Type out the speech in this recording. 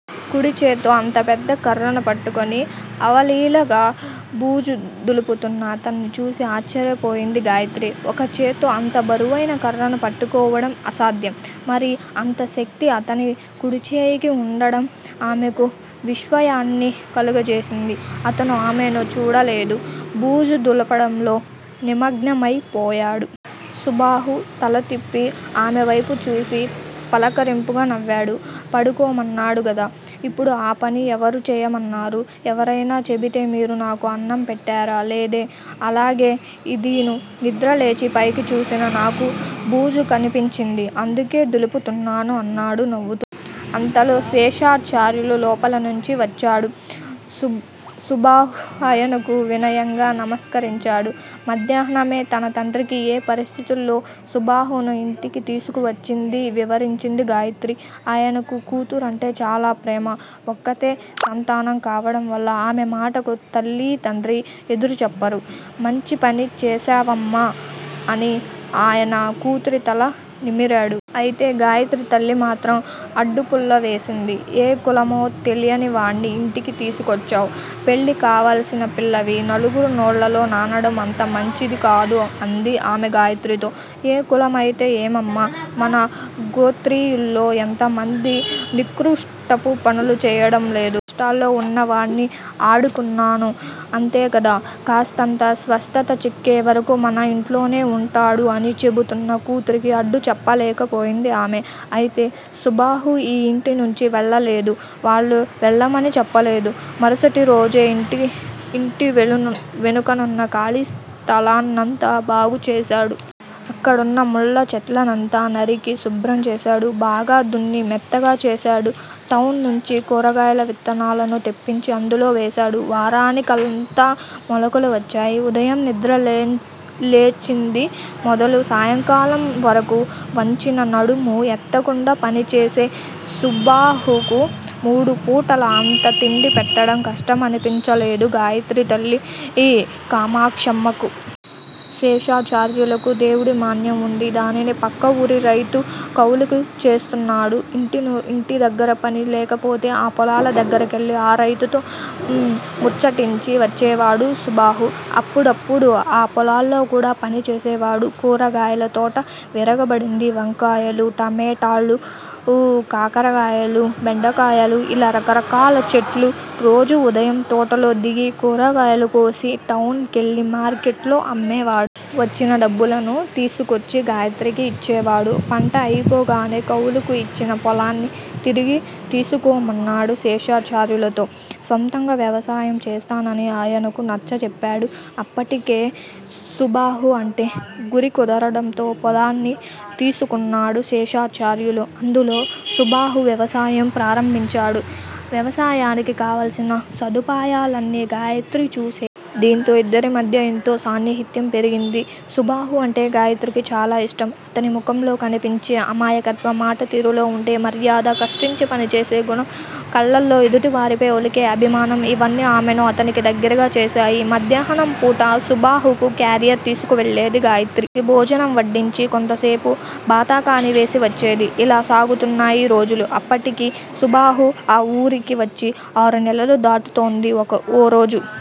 కుడిచేత్తో అంత పెద్ద కర్రను పట్టుకుని అవలీలగా బూజు దులుపుతున్న అతన్ని చూసి ఆశ్చర్యపోయింది గాయిత్రి. ఒకచేత్తో అంత బరువైన కర్రను పట్టుకోవడం అసాధ్యం. మరి అంత శక్తి అతని కుడిచేయికి వుండడం ఆమెకు విస్మయాన్ని కలుగజేసింది. అతను ఆమెను చూడలేదు. బూజు దులపడంలో నిమగ్నమై పోయాడు. సుబాహు! తల తిప్పి ఆమెవైపు చూసి, పలకరింపుగా నవ్వాడు. పడుకోమన్నాను గదా! ఇప్పుడు ఆ పని ఎవరు చేయమన్నారు? ఎవరైనా చెబితే మీరు నాకు అన్నం పెట్టారా! లేదే. అలాగే ఇదీను. నిద్ర లేచి పైకి చూసిన నాకు బూజు కనిపించింది. అందుకే దులుపుతున్నాను అన్నాడు నవ్వుతూ. అంతలో శేషాచార్యులు లోపల నుంచి వచ్చాడు. సుబాహు ఆయనకు వినయంగా నమస్కరించాడు. మధ్యాహ్నమే తన తండ్రికి ఏ పరిస్థితులలో సుబాహును ఇంటికి తీసుకొచ్చిందీ వివరించింది గాయత్రి. ఆయనకు కూతురంటే చాలా ప్రేమ. ఒక్కత్తే సంతానం కావడం వల్ల ఆమె మాటకు తల్లీ, తండ్రీ ఎదురుజెప్పరు. మంచిపని చేశావమ్మా అని ఆయన కూతురి తల నిమిరాడు. అయితే గాయత్రి తల్లి మాత్రం అడ్డు పుల్ల వేసింది. ఏ కులమో తెలియనివాడ్ని ఇంటికి తీసుకొచ్చావ్. పెళ్ళి కావలసిన పిల్లవి. నలుగురి నోళ్ళల్లో నానడం అంతమంచిది కాదు అంది ఆమె గాయత్రితో. ఏ కులమైతే ఏమమ్మా. మన గోత్రీయుల్లో ఎంతమంది నికృష్టపు పనులు చేయడం లేదు. కష్టాల్లో వున్న వాడ్ని ఆడుకున్నాను. అంతేకదా. కాస్తంత స్వస్థత చిక్కేవరకు మన ఇంట్లోనే వుంటాడు అని చెబుతున్న కూతురికి అడ్డు చెప్పలేకపోయింది ఆమె. అయితే సుబాహు ఆ ఇంటి నుంచి వెళ్ళలేదు. వాళ్ళూ వెళ్ళమని చెప్పలేదు. మరుసటి రోజే ఇంటి వెనుకనున్న ఖాళీ స్థలాన్నంతా బాగుచేశాడు. అక్కడున్న ముళ్ళ చెట్లనంతా నరికి శుభ్రం చేశాడు. బాగా దున్ని మెత్తగా చేశాడు. టౌన్ నుంచి కూరగాయల విత్తనాలను తెప్పించి అందులో వేశాడు. వారానికంతా మొలకలు వచ్చాయి. ఉదయం నిద్రలేచింది మొదలు సాయంకాలం వరకు వంచిన నడుము ఎత్తకుండా పనిచేసే సుబాహుకు మూడు పూటలా అంత తిండి పెట్టడం కష్టమనిపించలేదు గాయత్రి తల్లి కామాక్షమ్మకు. శేషాచార్యులకు దేవుడి మాన్యం వుంది. దానిని పక్క ఊరి రైతు కౌలుకు చేస్తున్నాడు ఇంటి దగ్గరపని లేకపోతే ఆ పొలాల దగ్గరికెళ్ళి ఆ రైతుతో ముచ్చటించి వచ్చేవాడు సుబాహు. అప్పుడప్పుడూ ఆ పొలాల్లో కూడా పనిచేసేవాడు. కూరగాయల తోట విరగపండింది. వంకాయలు, టమేటాళు, కాకరకాయలు, బెండకాయలు ఇలా రకరకాల చెట్లు, రోజూ ఉదయం తోటలో దిగి కూరగాయలు కోసి, టౌన్ కెళ్ళి మార్కెట్లో అమ్మేవాడు. వచ్చిన డబ్బులను తీసుకొచ్చి గాయత్రికి ఇచ్చేవాడు. పంట అయిపోగానే కౌలుకు ఇచ్చిన పొలాన్ని తిరిగి తీసుకోమన్నాడు శేషాచార్యులతో. స్వంతంగా వ్యవసాయం చేస్తానని ఆయనకు నచ్చచెప్పాడు. అప్పటికే సుబాహు అంటే గురికుదరడంతో పొలాన్ని తీసుకున్నాడు శేషాచార్యులు. అందులో సుబాహు వ్యవసాయం ప్రారంభించాడు. వ్యవసాయానికి కావాల్సిన సదుపాయాలన్నీ గాయత్రి చూసేది. దీంతో ఇద్దరి మధ్య ఎంతో సాన్నిహిత్యం పెరిగింది. సుబాహు అంటే గాయత్రికి చాలా ఇష్టం. అతని ముఖంలో కనిపించే అమాయకత్వం, మాట తీరులో వుండే మర్యాద, కష్టించి పనిచేసే గుణం, కళ్ళల్లో ఎదుటివారిపై ఒలికే అభిమానం- ఇవన్నీ ఆమెను అతనికి దగ్గిరగా చేశాయి. మధ్యాహ్నం పూట సుబాహుకు క్యారియర్ తీసుకు వెళ్ళేది గాయత్రి. అతనికి భోజనం వడ్డించి, కొంతసేపు బాతాకానీ వేసి వచ్చేది. ఇలా సాగుతున్నాయి రోజులు. అప్పటికి సుబాహు ఆ వూరికి వచ్చి ఆరు నెలలు దాటుతోంది. ఓ రోజు